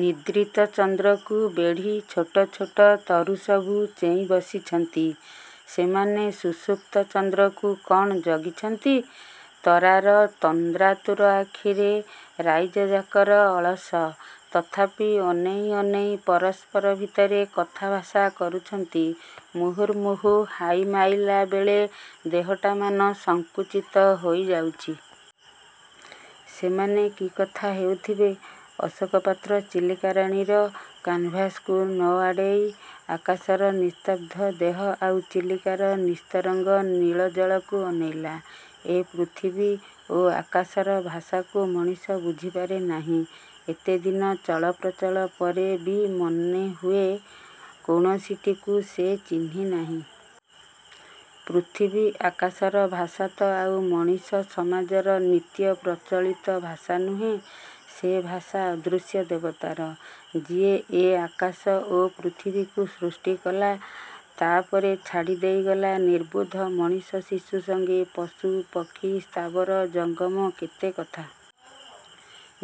ନିଦ୍ରିତ ଚନ୍ଦ୍ରକୁ ବେଢ଼ି ଛୋଟ ଛୋଟ ତରୁ ସବୁ ଚେଇଁ ବସିଛନ୍ତି। ସେମାନେ ସୁସୁପ୍ତ ଚନ୍ଦ୍ରକୁ କଣ ଜଗିଛନ୍ତି? ତରାର ତନ୍ଦ୍ରାତୁର ଆଖିରେ ରାଇଜଯାକର ଅଳସ। ତଥାପି ଅନେଇ, ଅନେଇ ପରସ୍ପର ଭିତରେ କଥାଭାଷା କରୁଛନ୍ତି। ମୁହୁର୍ମୁହୁଃ ହାଇ ମାଇଲା ବେଳେ ଦେହଟାମାନ ସଙ୍କୁଚିତ ହୋଇ ଯାଉଛି। ସେମାନେ କି କଥା ହେଉଥିବେ? ଅଶୋକ ପାତ୍ର 'ଚିଲିକା-ରାଣୀ' ର କାନ୍ଭାସ୍କୁ ନ ଆଡ଼େଇ ଆକାଶର ନିସ୍ତବ୍ଧ-ଦେହ ଆଉ ଚିଲିକାର ନିସ୍ତରଙ୍ଗ ନୀଳ ଜଳକୁ ଅନାଇଲା। ଏ ପୃଥିବୀ ଓ ଆକାଶର ଭାଷାକୁ ମଣିଷ ବୁଝିପାରେ ନାହିଁ। ଏତେଦିନ ଚଳପ୍ରଚଳ ପରେ ବି ମନେ ହୁଏ, କୌଣସିଟିକୁ ସେ ଚିହ୍ନି ନାହିଁ। ପୃଥିବୀ ଆକାଶର ଭାଷା ତ ଆଉ ମଣିଷ ସମାଜର ନିତ୍ୟପ୍ରଚଳିତ ଭାଷା ନୁହେ! ସେ ଭାଷା ଅଦୃଶ୍ୟ ଦେବତାର, ଯିଏ ଏ ଆକାଶ ଓ ପୃଥିବୀକୁ ସୃଷ୍ଟି କଲା। ତା ପରେ ଛାଡ଼ି ଦେଇଗଲା ନିର୍ବୋଧ ମଣିଷ ଶିଶୁ ସଙ୍ଗେ ପଶୁ, ପକ୍ଷୀ, ସ୍ଥାବର, ଜଙ୍ଗମ କେତେ କଥା।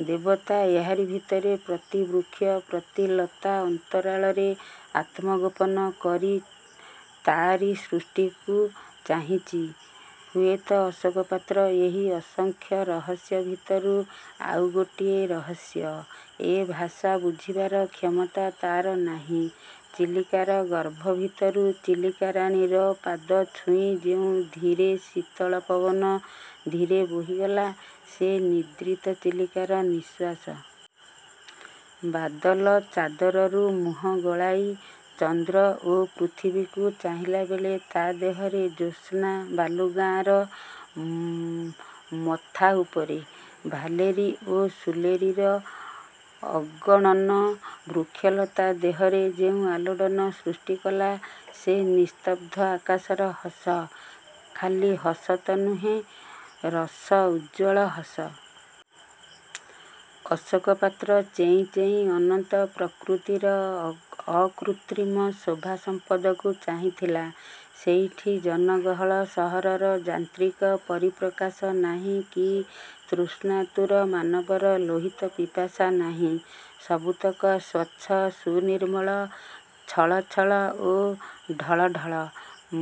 ଦେବତା ଏହାରି ଭିତରେ ପ୍ରତି ବୃକ୍ଷ, ପ୍ରତି ଲତା ଅନ୍ତରାଳରେ ଆତ୍ମଗୋପନ କରି ତାରି ସୃଷ୍ଟିକୁ ଚାହିଁଚି। ହୁଏତ ଅଶୋକ ପାତ୍ର ଏହି ଅସଂଖ୍ୟ ରହସ୍ୟ ଭିତରୁ ଆଉ ଗୋଟିଏ ରହସ୍ୟ! ଏ ଭାଷା ବୁଝିବାର କ୍ଷମତା ତାର ନାହିଁ। ଚିଲିକାର ଗର୍ଭ ଭିତରୁ ଚିଲିକାରାଣୀ ର ପାଦ ଛୁଇଁ ଯେଉଁ ଧୀରେ, ଶୀତଳ ପବନ ଧୀରେ ବୋହିଗଲା, ସେ ନିଦ୍ରିତ ଚିଲିକାର ନିଃଶ୍ୱାସ। ବାଦଲ-ଚାଦରରୁ ମୁହଁ ଗଳାଇ, ଚନ୍ଦ୍ର ଏ ପୃଥିବୀକୁ ଚାହିଁଲାବେଳେ ତା ଦେହର ଜ୍ୟୋସ୍ନା ବାଲୁଗାଁର ମଥା ଉପରେ, ଭାଲେରୀ ଓ ସୁଲେରୀର ଅଗଣନ ବୃକ୍ଷଲତା ଦେହରେ ଯେଉଁ ଆଲୋଡ଼ନ ସୃଷ୍ଟି କଲା, ସେ ନିସ୍ତବ୍ଧ ଆକାଶର ହସ। ଖଲି ହସ ତ ନୁହେଁ ରସ ଉଚ୍ଛଳ ହସ! ଅଶୋକ ପାତ୍ର ଚେଇଁ ଚେଇଁ ଅନନ୍ତ ପ୍ରକୃତିର ଅକୃତ୍ରିମ ଶୋଭା ସମ୍ପଦକୁ ଚାହିଁଥିଲା। ସେଇଠି ଜନଗହଳ ସହରର ଯାନ୍ତ୍ରିକ ପରିପ୍ରକାଶ ନାହିଁ କି ତୃଷ୍ଣାତୁର ମାନବର ଲୋହିତ ପିପାସା ନାହିଁ। ସବୁତକ ସ୍ୱଚ୍ଛ, ସୁନିର୍ମଳ, ଛଳ ଛଳ ଓ ଢଳ ଢଳ!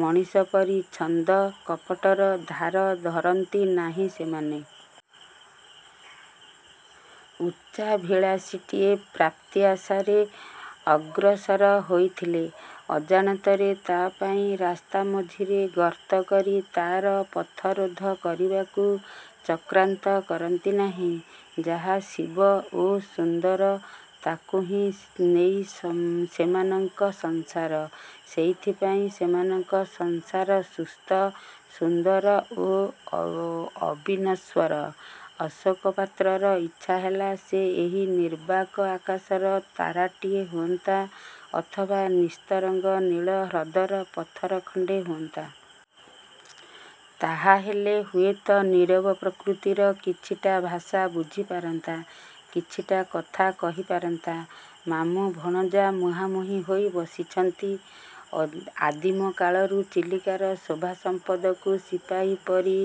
ମଣିଷ ପରି ଛନ୍ଦ, କପଟର ଧାର ଧରନ୍ତି ନାହିଁ ସେମାନେ। ଉଚ୍ଚାଭିଳାଷୀଟିଏ ପ୍ରାପ୍ତି ଆଶାରେ ଅଗ୍ରସର ହେଉଥିଲେ; ଅଜାଣତରେ ତା' ପାଇଁ ରାସ୍ତା ମଝିରେ ଗର୍ତ୍ତ କରି ତାର ପଥରୋଧ କରିବାକୁ-ଚକ୍ରାନ୍ତ କରନ୍ତି ନାହିଁ। ଯାହା ଶିବ ଓ ସୁନ୍ଦର, ତାକୁହିଁ ନେଇ ସେମାନଙ୍କ ସଂସାର। ସେଇଥିପାଇଁ ସେମାନଙ୍କ ସଂସାର ସୁସ୍ଥ, ସୁନ୍ଦର ଓ ଅବିନଶ୍ୱର। ଅଶୋକ ପାତ୍ରର ଇଚ୍ଛା ହେଲା ସେ ଏହି ନିର୍ବାକ ଆକାଶର ତରାଟିଏ ହୁଏନ୍ତା, ଅଥବା ନିସ୍ତରଙ୍ଗ ନୀଳ ହ୍ରଦର ପଥର ଖଣ୍ଡେ ହୁଅନ୍ତା। ତାହାହେଲେ ହୁଏତ ନିରବ ପ୍ରକୃତିର କିଛିଟା ଭାଷା ବୁଝି ପାରନ୍ତା, କିଛିଟା କଥା କହି ପାରନ୍ତା! ମାମୁଁ-ଭଣଜା ମୁହାଁମୁହିଁ ହୋଇ ବସିଛନ୍ତି। ଆଦିମ କାଳରୁ ଚିଲିକାର ଶୋଭା ସମ୍ପଦକୁ ସିପାହୀ ପରି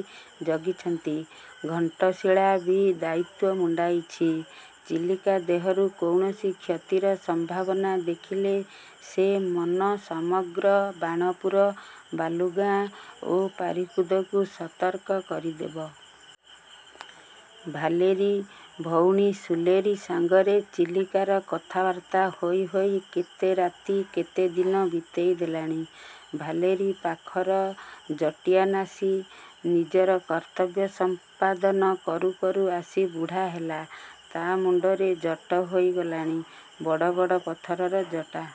ଜଗିଛନ୍ତି। ଘଣ୍ଟଶୀଳା ବି ଦାୟିତ୍ୱ ମୁଣ୍ଡାଇଛି। ଚିଲିକା ଦେହରୁ କୌଣସି କ୍ଷତିର ସମ୍ଭାବନା ଦେଖିଲେ ସେ ସମଗ୍ର ବାଣପୁର, ବାଲୁଗାଁ ଓ ପାରିକୁଦକୁ ସତର୍କ କରିଦେବ। ଭାଲେରୀ, ଭଉଣୀ ସୁଲେରୀ ସଙ୍ଗରେ ଚିଲିକାର କଥାବାର୍ତ୍ତା ହୋଇ ହୋଇ କେତେ ରାତି, କେତେ ଦିନ ବିତେଇ ଦେଲାଣି। ଭାଲେରୀ, ପାଖର 'ଜଟିଆ ନାସୀ' ନିଜର କର୍ତ୍ତବ୍ୟ ସମ୍ପାଦନ କରୁ କରୁ ଆସି ବୁଢ଼ା ହେଲା। ତା' ମୁଣ୍ଡରେ ଜଟ ହୋଇ ଗଲାଣି। ବଡ଼ ବଡ଼ ପଥରର ଜଟ।